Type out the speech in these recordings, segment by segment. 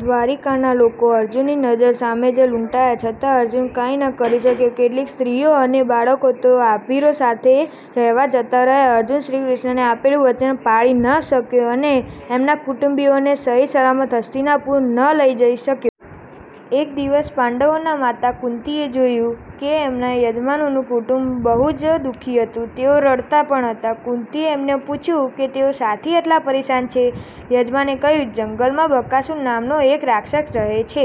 દ્વારિકાના લોકો અર્જુનની નજર સામે જ લુંટાયા છતાં અર્જુન કાંઈ ન કરી શક્યો! કેટલીક સ્ત્રીઓ અને બાળકો તો। આભીરો સાથે રહેવા જતા રહ્યા. અર્જુન શ્રીકૃષ્ણને આપેલું વચન પાળી ન શક્યો અને એમના કુટુંબીઓને સહી સલામત હસ્તિનાપુર ન લઇ જઈ શક્યો. એક દિવસ પાંડવોના માતા કુંતીએ જોયું કે એમના યજમાનનું કુટુંબ બહુ જ દુ:ખી હતું. તેઓ રડતા પણ હતા. કુંતીએ એમને પૂછ્યું કે તેઓ શાથી આટલા પરેશાન છે? યજમાને કહ્યું, "જંગલમાં બકાસુર નામનો એક રાક્ષસ રહે છે.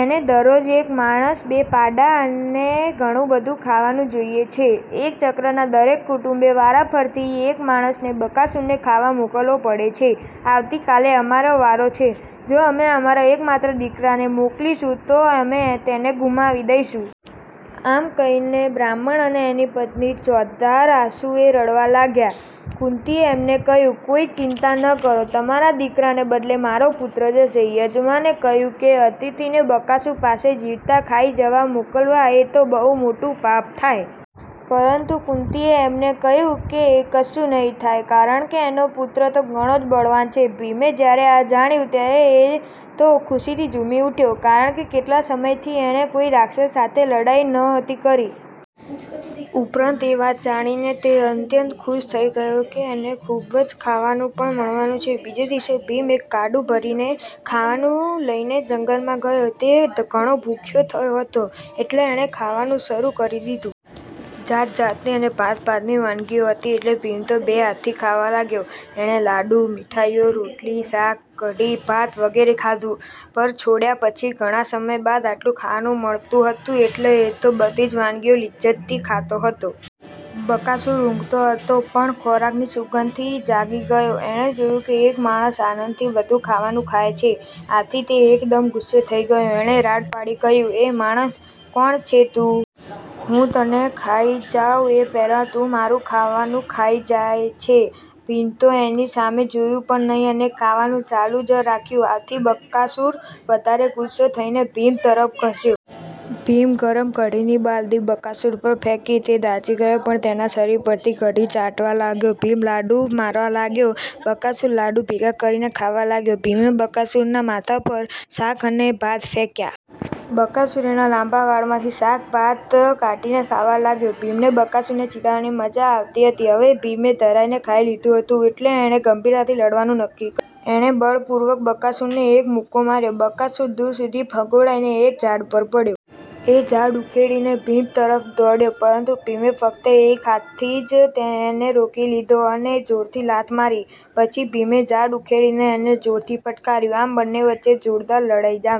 એને દરરોજ એક માણસ, બે પાડા અને ઘણું બધું ખાવાનું જોઈએ છે. એકચક્રના દરેક કુટુંબે વારાફરતી એક માણસને બકાસુરને ખાવા મોકલવો પડે છે. આવતીકાલે અમારો વારો છે. જો અમે અમારા એકમાત્ર દીકરાને મોકલીશું તો અમે તેને ગુમાવી દઈશું". આમ કહીને બ્રાહ્મણ અને એની પત્ની ચોધાર આંસુએ રડવા લાગ્યા. કુંતીએ એમને કહ્યું, "કોઈ ચિંતા ન કરો. તમારા દીકરાને બદલે મારો પુત્ર જશે". યજમાને કહ્યું કે અતિથીને બકાસુર પાસે જીવતા ખાઈ જવા મોકલવા એ તો બહુ મોટું પાપ થાય. પરંતુ કુંતીએ એમને કહ્યું કે કશું નહીં થાય કારણકે એનો પુત્ર તો ઘણો જ બળવાન છે. ભીમે જયારે આ જાણ્યું ત્યારે એ તો ખુશીથી ઝુમી ઉઠ્યો કારણકે કેટલાય સમયથી એણે કોઈ રાક્ષસ સાથે લડાઈ નહોતી કરી. ઉપરાંત એ વાત જાણીને તે અત્યંત ખુશ થઇ ગયો કે એને ખુબ જ ખાવાનું પણ મળવાનું છે! બીજે દિવસે ભીમ એક ગાડું ભરીને ખાવાનું લઈને જંગલમાં ગયો. તે ઘણો ભૂખ્યો થયો હતો એટલે એણે ખાવાનું શરુ કરી દીધું. જાત જાતની અને ભાત ભાતની વાનગીઓ હતી એટલે ભીમ તો બે હાથથી ખાવા લાગ્યો! એણે લાડુ, મીઠાઈઓ, રોટલી, શાક, કઢી, ભાત વિ. ખાધું. ઘર છોડ્યા પછી ઘણા સમય બાદ આટલું ખાવાનું મળતું હતું એટલે એ તો બધી જ વાનગીઓ લિજજતથી ખાતો હતો. બકાસુર ઉંઘતો હતો પણ ખોરાકની સુગંધથી જાગી ગયો. એણે જોયું કે એક માણસ આનંદથી બધું ખાવાનું ખાય છે. આથી તે એકદમ ગુસ્સે થઇ ગયો. એણે રાડ પાડી કહ્યું, "એ માણસ! કોણ છે તું? હું તને ખાઈ જાઉં એ પહેલાં તું મારું ખાવાનું ખાઈ જાય છે? " ભીમે તો એની સામે જોયું પણ નહીં અને ખાવાનું ચાલુ જ રાખ્યું. આથી બકાસુર વધારે ગુસ્સે થઈને ભીમ તરફ ધસ્યો. ભીમે ગરમ કઢીની બાલદી બકાસુર પર ફેંકી. તે દાઝી ગયો પણ તેના શરીર પરથી કઢી ચાટવા લાગ્યો. ભીમ લાડુ મારવા લાગ્યો. બકાસુર લાડુ ભેગા કરીને ખાવા લાગ્યો. ભીમે બકાસુરના માથા પર શાક અને ભાત ફેંક્યા. બકાસુર એના લાંબા વાળમાંથી શાક-ભાત કાઢીને ખાવા લાગ્યો. ભીમને, બકાસુરને ચીડવવાની મજા આવતી હતી. હવે ભીમે ધરાઈને ખાઈ લીધું હતું એટલે એણે ગંભીરતાથી લડવાનું નક્કી કર્યું. એણે બળપૂર્વક બકાસુરને એક મુક્કો માર્યો. બકાસુર દુર સુધી ફંગોળાઈને એક ઝાડ પર પડ્યો. એ ઝાડ ઉખેડીને ભીમ તરફ દોડ્યો. પરંતુ ભીમે ફક્ત એક હાથથી જ એને રોકી લીધો અને જોરથી લાત મારી. પછી ભીમે ઝાડ ઉખેડીને એને જોરથી ફટકાર્યું. આમ બંને વચ્ચે જોરદાર લડાઈ જામી.